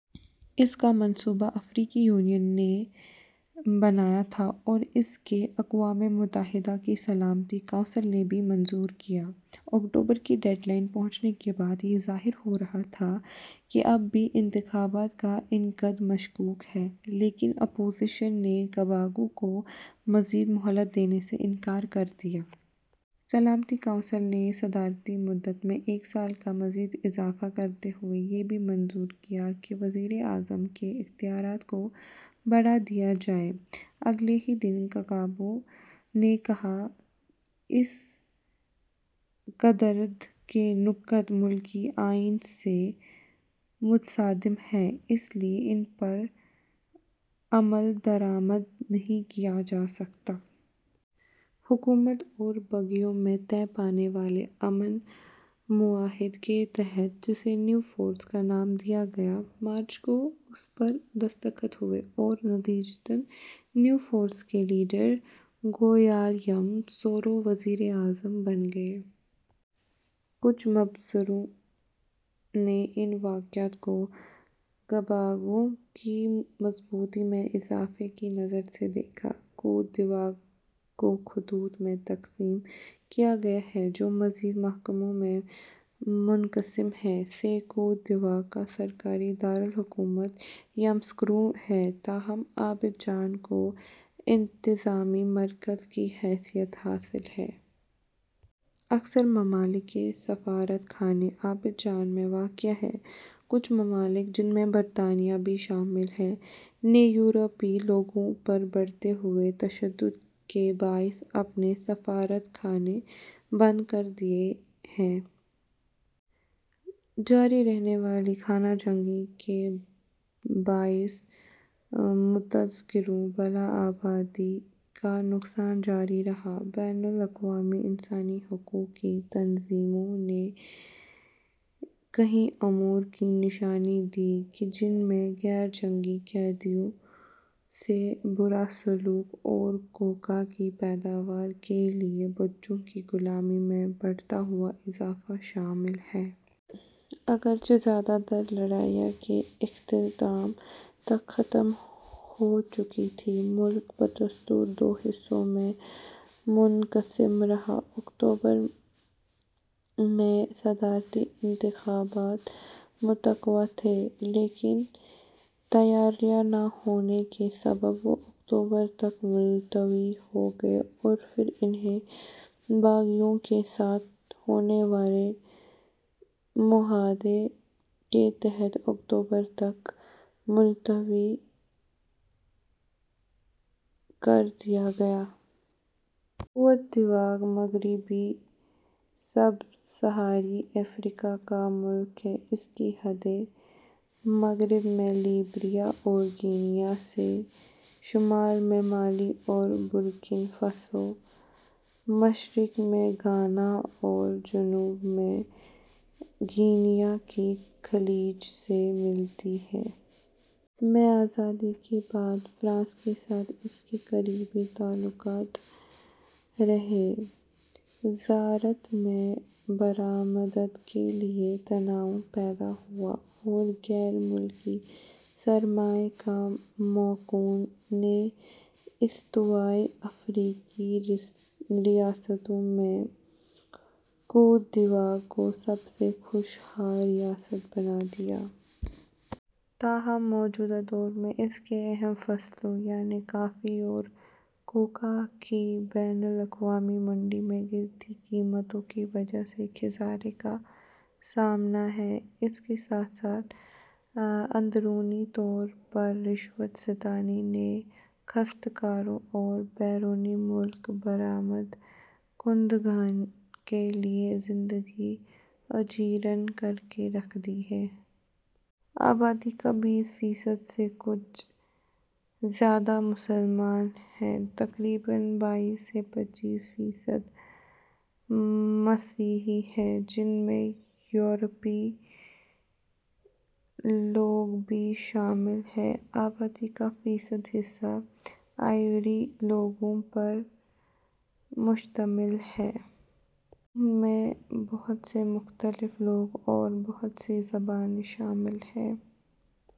اس کا منصوبہ افریقی یونین نے بنایا تھا اور اسے اقوام متحدہ کی سلامتی کونسل نے بھی منظور کیا۔ اکتوبر کی ڈیڈ لائن پہنچنے کے بعد یہ ظاہر ہو رہا تھا کہ اب بھی انتخابات کا انعقاد مشکوک ہے لیکن اپوزیشن نے گباگبو کو مزید مہلت دینے سے انکار کر دیا۔ سلامتی کونسل نے صدارتی مدت میں ایک سال کا مزید اضافہ کرتے ہوئے یہ بھی منظور کیا کہ وزیر اعظم کے اختیارات کو بڑھا دیا جائے۔ اگلے ہی دن گباگبو نے کہا کہ اس قراردار کے نکات ملکی آئین سے متصادم ہیں اس لیے ان پر عملدرامد نہیں کیا جا سکتا۔ حکومت اور باغیوں میں طے پانے والے امن معاہدے کے تحت، جسے نیو فورس کا نام دیا گیا، مارچ کو اس پر دستخط ہوئے اور نتیجتاً نیوفورسز کے لیڈر گویلیام سورو وزیر اعظم بن گئے۔ کچھ مبصروں نے ان واقعات کو گباگبو کی مضبوطی میں اضافے کی نظر سے دیکھا۔ کوت دیواغ کو خطوں میں تقسیم کیا گیا ہے جو مزید محکموں میں منقسم ہیں۔ سے کوت دیواغ کا سرکاری دار الحکومت یاموسوکرو ہے تاہم عابدجان کو انتظامی مرکز کی حیثیت حاصل ہے۔ اکثر ممالک کے سفارت خانے عابدجان میں واقع ہیں۔ کچھ ممالک جن میں برطانیہ بھی شامل ہے، نے یورپی لوگوں پر بڑھتے ہوئے تشدد کے باعث اپنے سفارت خانے بند کر دیے ہیں۔ جاری رہنے والی خانہ جنگی کے باعث متذکرہ بالا آبادی کا نقصان جاری رہا۔ بین الاقوامی انسانی حقوق کی تنظیموں نے کئی امور کی نشان دہی کی جن میں غیر جنگی قیدیوں سے برا سلوک اور کوکا کی پیداوار کے لیے بچوں کی غلامی میں بڑھتا ہوا اضافہ شامل ہیں۔ اگرچہ زیادہ تر لڑائیاں کے اختتام تک ختم ہو چکی تھیں، ملک بدستور دو حصوں میں منقسم رہا۔ اکتوبر میں نئے صدارتی انتخابات متوقع تھے لیکن لیکن تیاریاں نہ ہونے کے سبب وہ اکتوبر تک ملتوی ہو گئے اور پھر انھیں باغیوں کے ساتھ ہونے والے معاہدے سے اکتوبر تک ملتوی کر دیا گیا۔ کوت دیواغ مغربی سب صحارائی افریقہ کا ملک ہے۔ اس کی حدیں مغرب میں لائیبریا اور گی آنا سے، شمال میں مالی اور برکینا فاسو، مشرق میں گھانا اور جنوب میں گی آنا کی خلیج سے ملتی ہیں۔ میں آزادی کے بعد سے فرانس کے ساتھ اس کے قریبی تعلقات رہے۔ زراعت میں برآمدات کے لے تنوع پیدا ہوا اور غیر ملکی سرمائے کے موقعوں نے استوائی افریقی ریاستوں میں کوت دیواغ کو سب سے خوش حال ریاست بنا دیا۔ تاہم موجودہ دور میں اس کی اہم فصلوں یعنی کافی اور کوکا کی بین الاقوامی منڈی میں گرتی قیمتوں کے باعث خسارے کا سامنا ہے۔ اس کے ساتھ ساتھ اندرونی طور پر رشوت ستانی نے کاشتکاروں اور بیرون ملک برآمد کنندگان کے لیے زندگی اجیرن کرکے رکھ دی ہے۔ آبادی کا بیس فی صد سے کچھ زائد مسلمان ہیں۔ تقریباً بائیس سے پچیس فی صد مسیحی ہیں جن میں یورپی لوگ بھی شامل ہیں۔ آبادی کا فیصدی حصہ آئیوری لوگوں پر مشتمل ہے۔ ان میں بہت سے مختلف لوگ اور بہت سی زبانیں شامل ہیں۔